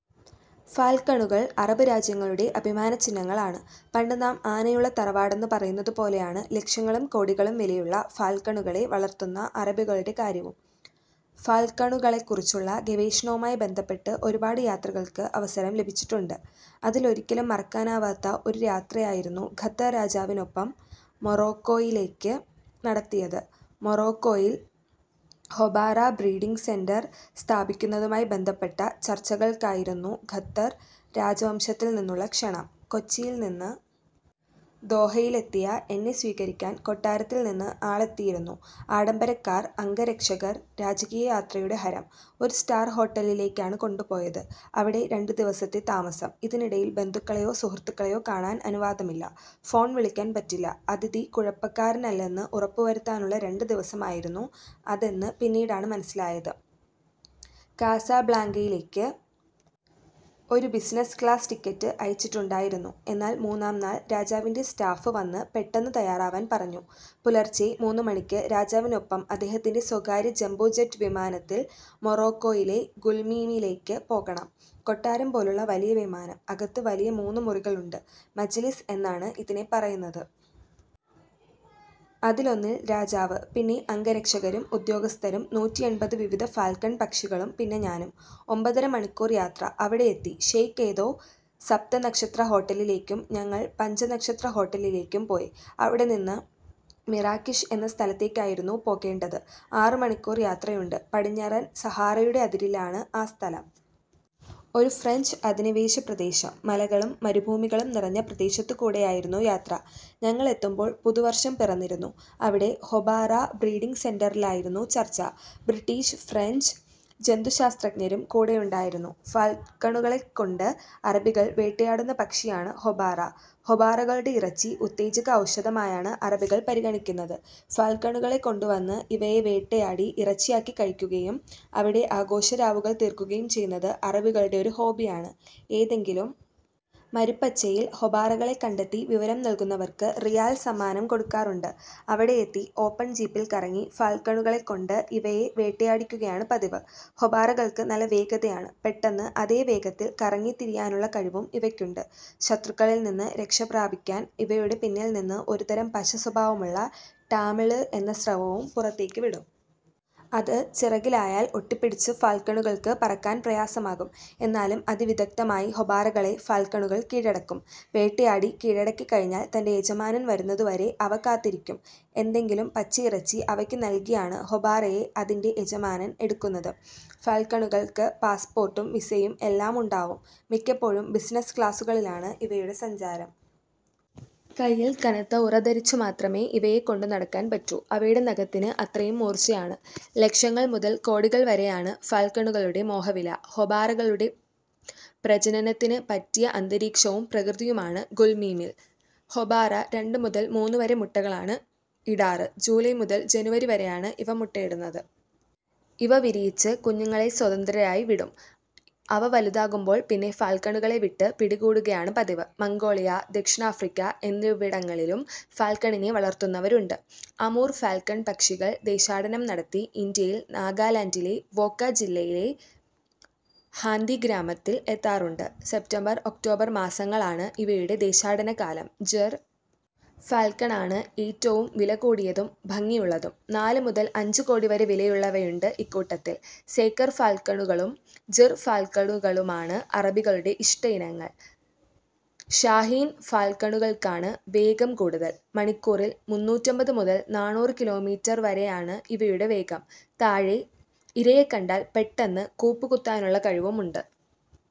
ഫാൽക്കണുകൾ അറബ് രാജ്യങ്ങളുടെ അഭിമാനചിഹ്നങ്ങളാണ്. പണ്ട് നാം ആനയുള്ള തറവാടെന്ന് പറയുന്നതുപോലെയാണ് ലക്ഷങ്ങളും കോടികളും വിലയുള്ള ഫാൽക്കണുകളെ വളർത്തുന്ന അറബികളുടെ കാര്യവും. ഫാൽക്കണുകളെക്കുറിച്ചുള്ള ഗവേഷണവുമായി ബന്ധപ്പെട്ട് ഒരുപാട് യാത്രകൾക്ക് അവസരം ലഭിച്ചിട്ടുണ്ട്. അതിൽ ഒരിക്കലും മറക്കാനാവാത്ത ഒരു യാത്രയായിരുന്നു ഖത്തർ രാജാവിനൊപ്പം മൊറോക്കോയിലേക്ക് നടത്തിയത്. മൊറോക്കോയിൽ ഹൊബാറ ബ്രീഡിങ് സെന്റർ സ്ഥാപിക്കുന്നതുമായി ബന്ധപ്പെട്ട ചർച്ചകൾക്കായിരുന്നു ഖത്തർ രാജവംശത്തിൽനിന്നുള്ള ക്ഷണം. കൊച്ചിയിൽനിന്ന് ദോഹയിലെത്തിയ എന്നെ സ്വീകരിക്കാൻ കൊട്ടാരത്തിൽനിന്ന് ആളെത്തിയിരുന്നു. ആഡംബര കാർ, അംഗരക്ഷകർ, രാജകീയ യാത്രയുടെ ഹരം. ഒരു സ്റ്റാർ ഹോട്ടലിലേക്കാണ് കൊണ്ടുപോയത്. അവിടെ രണ്ടുദിവസത്തെ താമസം. ഇതിനിടയിൽ ബന്ധുക്കളെയോ സുഹൃത്തുക്കളെയോ കാണാൻ അനുവാദമില്ല. ഫോൺ വിളിക്കാൻ പറ്റില്ല. അതിഥി കുഴപ്പക്കാരനല്ലെന്ന് ഉറപ്പുവരുത്താനുള്ള രണ്ട് ദിവസമായിരുന്നു അതെന്ന് പിന്നീടാണ് മനസ്സിലായത്. കാസാബ്ലാങ്കയിലേക്ക് ഒരു ബിസിനസ് ക്ലാസ് ടിക്കറ്റ് അയച്ചിട്ടുണ്ടായിരുന്നു. എന്നാൽ മൂന്നാംനാൾ രാജാവിൻ്റെ സ്റ്റാഫ് വന്ന് പെട്ടെന്ന് തയ്യാറാവാൻ പറഞ്ഞു. പുലർച്ചെ മൂന്നുമണിക്ക് രാജാവിനൊപ്പം അദ്ദേഹത്തിൻ്റെ സ്വകാര്യ ജംബോ ജെറ്റ് വിമാനത്തിൽ മൊറോക്കോയിലെ ഗുൽമീമിലേക്ക് പോകണം. കൊട്ടാരം പോലുള്ള വലിയ വിമാനം. അകത്ത് വലിയ മൂന്ന് മുറികളുണ്ട്. മജ്ലിസ് എന്നാണ് ഇതിനെ പറയുന്നത്. അതിലൊന്നിൽ രാജാവ്. പിന്നെ അംഗരക്ഷകരും ഉദ്യോഗസ്ഥരും നൂറ്റിയെൺപത് വിവിധ ഫാൽക്കൺ പക്ഷികളും പിന്നെ ഞാനും. ഒമ്പതര മണിക്കൂർ യാത്ര. അവിടെയെത്തി. ഷെയ്ഖ് ഏതോ സപ്തനക്ഷത്ര ഹോട്ടലിലേക്കും ഞങ്ങൾ പഞ്ചനക്ഷത്ര ഹോട്ടലിലേക്കും പോയി. അവിടെനിന്ന് മിറാക്കിഷ് എന്ന സ്ഥലത്തേക്കായിരുന്നു പോകേണ്ടത്. ആറുമണിക്കൂർ യാത്രയുണ്ട്. പടിഞ്ഞാറൻ സഹാറയുടെ അതിരിലാണ് ആ സ്ഥലം. ഒരു ഫ്രഞ്ച് അധിനിവേശ പ്രദേശം. മലകളും മരുഭൂമികളും നിറഞ്ഞ പ്രദേശത്തുകൂടെയായിരുന്നു യാത്ര. ഞങ്ങളെത്തുമ്പോൾ പുതുവർഷം പിറന്നിരുന്നു. അവിടെ ഹൊബാറ ബ്രീഡിങ് സെന്ററിലായിരുന്നു ചർച്ച. British, French ജന്തുശാസ്ത്രജ്ഞരും കൂടെയുണ്ടായിരുന്നു. ഫാൽക്കണുകളെക്കൊണ്ട് അറബികൾ വേട്ടയാടുന്ന പക്ഷിയാണ് ഹൊബാറ. ഹൊബാറകളുടെ ഇറച്ചി ഉത്തേജക ഔഷധമായാണ് അറബികൾ പരിഗണിക്കുന്നത്. ഫാൽക്കണുകളെ കൊണ്ടുവന്ന് ഇവയെ വേട്ടയാടി ഇറച്ചിയാക്കി കഴിക്കുകയും അവിടെ ആഘോഷരാവുകൾ തീർക്കുകയും ചെയ്യുന്നത് അറബികളുടെ ഒരു ഹോബിയാണ്. ഏതെങ്കിലും മരുപ്പച്ചയിൽ ഹൊബാറകളെ കണ്ടെത്തി വിവരം നൽകുന്നവർക്ക് റിയാൽ സമ്മാനം കൊടുക്കാറുണ്ട്. അവിടെയെത്തി ഓപ്പൺ ജീപ്പിൽ കറങ്ങി ഫാൽക്കണുകളെക്കൊണ്ട് ഇവയെ വേട്ടയാടിക്കുകയാണ് പതിവ്. ഹൊബാറകൾക്ക് നല്ല വേഗതയാണ്. പെട്ടെന്ന് അതേ വേഗത്തിൽ കറങ്ങിത്തിരിയാനുള്ള കഴിവും ഇവയ്ക്കുണ്ട്. ശത്രുക്കളിൽനിന്ന് രക്ഷപ്രാപിക്കാൻ ഇവയുടെ പിന്നിൽനിന്ന് ഒരുതരം പശ സ്വഭാവമുള്ള ടാമിള് എന്ന സ്രവവും പുറത്തേക്ക് വിടും. അത് ചിറകിലായാൽ ഒട്ടിപ്പിടിച്ച് ഫാൽക്കണുകൾക്ക് പറക്കാൻ പ്രയാസമാകും. എന്നാലും അതിവിദഗ്ധമായി ഹൊബാറകളെ ഫാൽക്കണുകൾ കീഴടക്കും. വേട്ടയാടി കീഴടക്കിക്കഴിഞ്ഞാൽ തൻ്റെ യജമാനൻ വരുന്നതുവരെ അവ കാത്തിരിക്കും. എന്തെങ്കിലും പച്ചയിറച്ചി അവയ്ക്ക് നൽകിയാണ് ഹൊബാറയെ അതിൻ്റെ യജമാനൻ എടുക്കുന്നത്. ഫാൽക്കണുകൾക്ക് പാസ്‌പോർട്ടും വിസയും എല്ലാം ഉണ്ടാവും. മിക്കപ്പോഴും ബിസിനസ് ക്ലാസുകളിലാണ് ഇവയുടെ സഞ്ചാരം. കയ്യിൽ കനത്ത ഉറ ധരിച്ചുമാത്രമേ ഇവയെ കൊണ്ടുനടക്കാൻ പറ്റൂ. അവയുടെ നഖത്തിന് അത്രയും മൂർച്ചയാണ്. ലക്ഷങ്ങൾ മുതൽ കോടികൾ വരെയാണ് ഫാൽക്കണുകളുടെ മോഹവില. ഹൊബാറകളുടെ പ്രജനനത്തിന് പറ്റിയ അന്തരീക്ഷവും പ്രകൃതിയുമാണ് ഗുൽമീമിൽ. ഹൊബാറ രണ്ട് മുതൽ മൂന്നുവരെ മുട്ടകളാണ് ഇടാറ്. ജൂലൈ മുതൽ ജനുവരി വരെയാണ് ഇവ മുട്ടയിടുന്നത്. ഇവ വിരിയിച്ച് കുഞ്ഞുങ്ങളെ സ്വതന്ത്രരായി വിടും. അവ വലുതാകുമ്പോൾ പിന്നെ ഫാൽക്കണുകളെ വിട്ട് പിടികൂടുകയാണ് പതിവ്. മംഗോളിയ, ദക്ഷിണാഫ്രിക്ക എന്നിവിടങ്ങളിലും ഫാൽക്കണിനെ വളർത്തുന്നവരുണ്ട്. അമൂർ ഫാൽക്കൺ പക്ഷികൾ ദേശാടനം നടത്തി ഇന്ത്യയിൽ നാഗാലാൻഡിലെ വോക്ക ജില്ലയിലെ ഹാന്ഥി ഗ്രാമത്തിൽ എത്താറുണ്ട്. സെപ്റ്റംബർ, ഒക്ടോബർ മാസങ്ങളാണ് ഇവയുടെ ദേശാടനകാലം. ജെർ ഫാൽക്കണാണ് ഏറ്റവും വിലകൂടിയതും ഭംഗിയുള്ളതും. നാല് മുതൽ അഞ്ച് കോടി വരെ വിലയുള്ളവയുണ്ട് ഇക്കൂട്ടത്തിൽ. സേക്കർ ഫാൽക്കണുകളും ജിർ ഫാൽക്കണുകളുമാണ് അറബികളുടെ ഇഷ്ടയിനങ്ങൾ. ഷാഹീൻ ഫാൽക്കണുകൾക്കാണ് വേഗം കൂടുതൽ. മണിക്കൂറിൽ മുന്നൂറ്റമ്പത് മുതൽ നാനൂറ് കിലോമീറ്റർ വരെയാണ് ഇവയുടെ വേഗം. താഴെ ഇരയെ കണ്ടാൽ പെട്ടെന്ന് കൂപ്പുകുത്താനുള്ള കഴിവുമുണ്ട്.